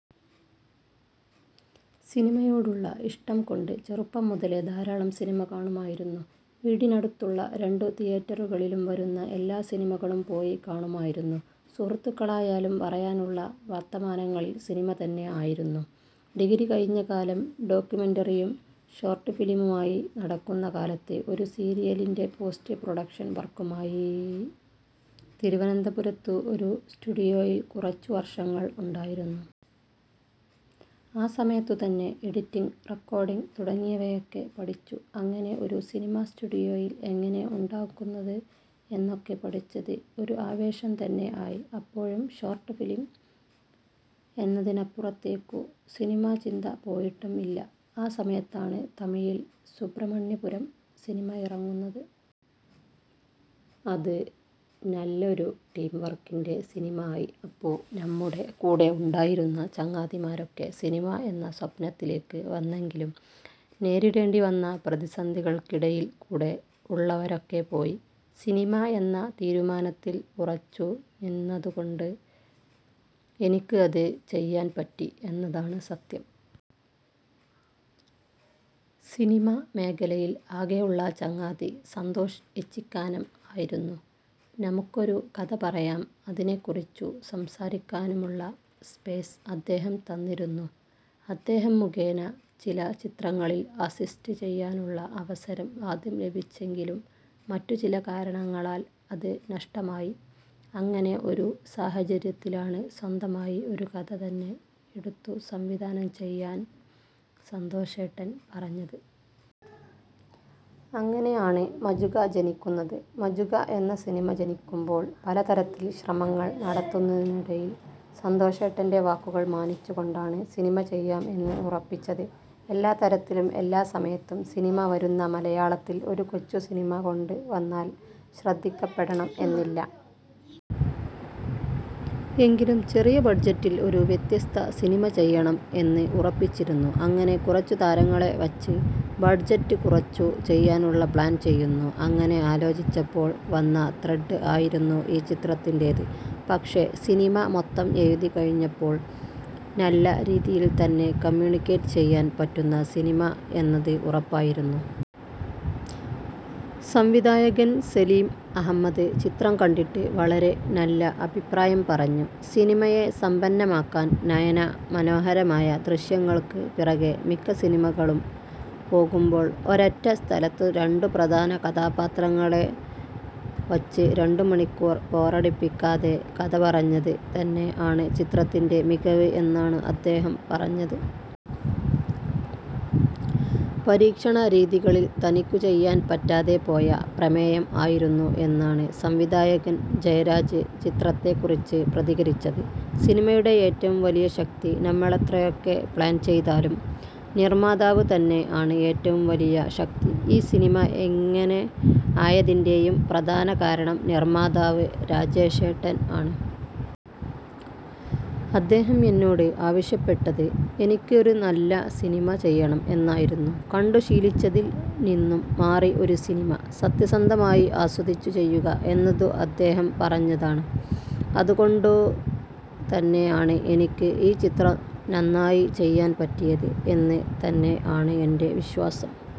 സിനിമയോടുള്ള ഇഷ്ടം കൊണ്ട് ചെറുപ്പം മുതലേ ധാരാളം സിനിമ കാണുമായിരുന്നു. വീടിനടുത്തുള്ള രണ്ടു തിയേറ്ററുകളിലും വരുന്ന എല്ലാ സിനിമകളും പോയി കാണുമായിരുന്നു. സുഹൃത്തുക്കളായാലും പറയാനുള്ള വർത്തമാനങ്ങളിൽ സിനിമ തന്നെ ആയിരുന്നു. ഡിഗ്രി കഴിഞ്ഞ കാലം ഡോക്യൂമെൻ്ററിയും ഷോർട് ഫിലിമുമായി നടക്കുന്ന കാലത്ത് ഒരു സീരിയലിൻ്റെ പോസ്റ്റ് പ്രൊഡക്ഷൻ വർക്കുമായി തിരുവനന്തപുരത്തു ഒരു സ്റ്റുഡിയോയിൽ കുറച്ചു വർഷങ്ങൾ ഉണ്ടായിരുന്നു. ആ സമയത്തു തന്നെ എഡിറ്റിംഗ്, റെക്കോർഡിങ് തുടങ്ങിയവയൊക്കെ പഠിച്ചു. അങ്ങനെ ഒരു സിനിമ സ്റ്റുഡിയോയിൽ എങ്ങനെ ഉണ്ടാക്കുന്നത് എന്നൊക്കെ പഠിച്ചത് ഒരു ആവേശം തന്നെ ആയി. അപ്പോഴും ഷോർട് ഫിലിം എന്നതിനപ്പുറത്തേക്കു സിനിമ ചിന്ത പോയിട്ടും ഇല്ല. ആ സമയത്താണ് തമിഴിൽ ' സുബ്രഹ്മണ്യപുരം ' സിനിമ ഇറങ്ങുന്നത്. അത് നല്ലൊരു ടീം വർക്കിൻ്റെ സിനിമ ആയി. അപ്പോ നമ്മുടെ കൂടെ ഉണ്ടായിരുന്ന ചങ്ങാതിമാരൊക്കെ സിനിമ എന്ന സ്വപ്നത്തിലേക്ക് വന്നെങ്കിലും നേരിടേണ്ടി വന്ന പ്രതിസന്ധികൾക്കിടയിൽ കൂടെ ഉള്ളവരൊക്കെ പോയി. സിനിമ എന്ന തീരുമാനത്തിൽ ഉറച്ചു നിന്നതു കൊണ്ട് എനിക്ക് അത് ചെയ്യാൻ പറ്റി എന്നതാണ് സത്യം. സിനിമ മേഖലയിൽ ആകെ ഉള്ള ചങ്ങാതി സന്തോഷ് ഏച്ചിക്കാനം ആയിരുന്നു. നമുക്കൊരു കഥ പറയാനും അതിനെക്കുറിച്ചു സംസാരിക്കാനുമുള്ള സ്പേസ് അദ്ദേഹം തന്നിരുന്നു. അദ്ദേഹം മുഖേന ചില ചിത്രങ്ങളിൽ അസിസ്റ്റ് ചെയ്യാനുള്ള അവസരം ആദ്യം ലഭിച്ചെങ്കിലും മറ്റു ചില കാരണങ്ങളാൽ അത് നഷ്ടമായി. അങ്ങനെ ഒരു സാഹചര്യത്തിലാണ് സ്വന്തമായി ഒരു കഥ തന്നെ എടുത്തു സംവിധാനം ചെയ്യാൻ സന്തോഷേട്ടൻ പറഞ്ഞത്. അങ്ങനെ ആണ് ' മചുക ' ജനിക്കുന്നത്. ' മചുക ' എന്ന സിനിമ ജനിക്കുമ്പോൾ പലതരത്തിൽ ശ്രമങ്ങൾ നടത്തുന്നതിനിടയിൽ സന്തോഷേട്ടൻ്റെ വാക്കുകൾ മാനിച്ചു കൊണ്ടാണ് സിനിമ ചെയ്യാം എന്ന് ഉറപ്പിച്ചത്. എല്ലാ തരത്തിലും എല്ലാ സമയത്തും സിനിമ വരുന്ന മലയാളത്തിൽ ഒരു കൊച്ചു സിനിമ കൊണ്ട് വന്നാൽ ശ്രദ്ധിക്കപ്പെടണം എന്നില്ല. എങ്കിലും ചെറിയ ബഡ്ജറ്റിൽ ഒരു വ്യത്യസ്ത സിനിമ ചെയ്യണം എന്ന് ഉറപ്പിച്ചിരുന്നു. അങ്ങനെ കുറച്ചു താരങ്ങളെ വച്ച് ബഡ്ജറ്റ് കുറച്ചു ചെയ്യാനുള്ള പ്ലാൻ ചെയ്യുന്നു. അങ്ങനെ ആലോചിച്ചപ്പോൾ വന്ന ത്രെഡ് ആയിരുന്നു ഈ ചിത്രത്തിൻ്റേത്. പക്ഷെ സിനിമ മൊത്തം എഴുതി കഴിഞ്ഞപ്പോൾ നല്ല രീതിയിൽ തന്നെ കമ്യൂണിക്കേറ്റ് ചെയ്യാൻ പറ്റുന്ന സിനിമ എന്നത് ഉറപ്പായിരുന്നു. സംവിധായകൻ സലിം അഹമ്മദ് ചിത്രം കണ്ടിട്ട് വളരെ നല്ല അഭിപ്രായം പറഞ്ഞു. സിനിമയെ സമ്പന്നമാക്കാൻ നയന മനോഹരമായ ദൃശ്യങ്ങൾക്ക് പിറകെ മിക്ക സിനിമകളും പോകുമ്പോൾ ഒരൊറ്റ സ്ഥലത്തു രണ്ടു പ്രധാന കഥാപാത്രങ്ങളെ വച്ച് രണ്ടു മണിക്കൂർ ബോറടിപ്പിക്കാതെ കഥ പറഞ്ഞത് തന്നെ ആണ് ചിത്രത്തിൻ്റെ മികവ് എന്നാണു അദ്ദേഹം പറഞ്ഞത്. പരീക്ഷണ രീതികളിൽ തനിക്കു ചെയ്യാൻ പറ്റാതെ പോയ പ്രമേയം ആയിരുന്നു എന്നാണ് സംവിധായകൻ ജയരാജ് ചിത്രത്തെ കുറിച്ച് പ്രതികരിച്ചത്. സിനിമയുടെ ഏറ്റവും വലിയ ശക്തി. നമ്മളെത്രയൊക്കെ പ്ലാൻ ചെയ്താലും നിർമാതാവ് തന്നെ ആണ് ഏറ്റവും വലിയ ശക്തി. ഈ സിനിമ ഇങ്ങനെ ആയതിൻ്റെയും പ്രധാന കാരണം നിർമാതാവ് രാജേഷേട്ടൻ ആണ്. അദ്ദേഹം എന്നോട് ആവശ്യപ്പെട്ടത് ' എനിക്ക് ഒരു നല്ല സിനിമ ചെയ്യണം ' എന്നായിരുന്നു. കണ്ടു ശീലിച്ചതിൽ നിന്നും മാറി ഒരു സിനിമ. സത്യസന്ധമായി ആസ്വദിച്ചു ചെയ്യുക എന്നതും അദ്ദേഹം പറഞ്ഞതാണ്. അതുകൊണ്ടു തന്നെ ആണ് എനിക്ക് ഈ ചിത്രം നന്നായി ചെയ്യാൻ പറ്റിയത് എന്ന് തന്നെ ആണ് എൻ്റെ വിശ്വാസം.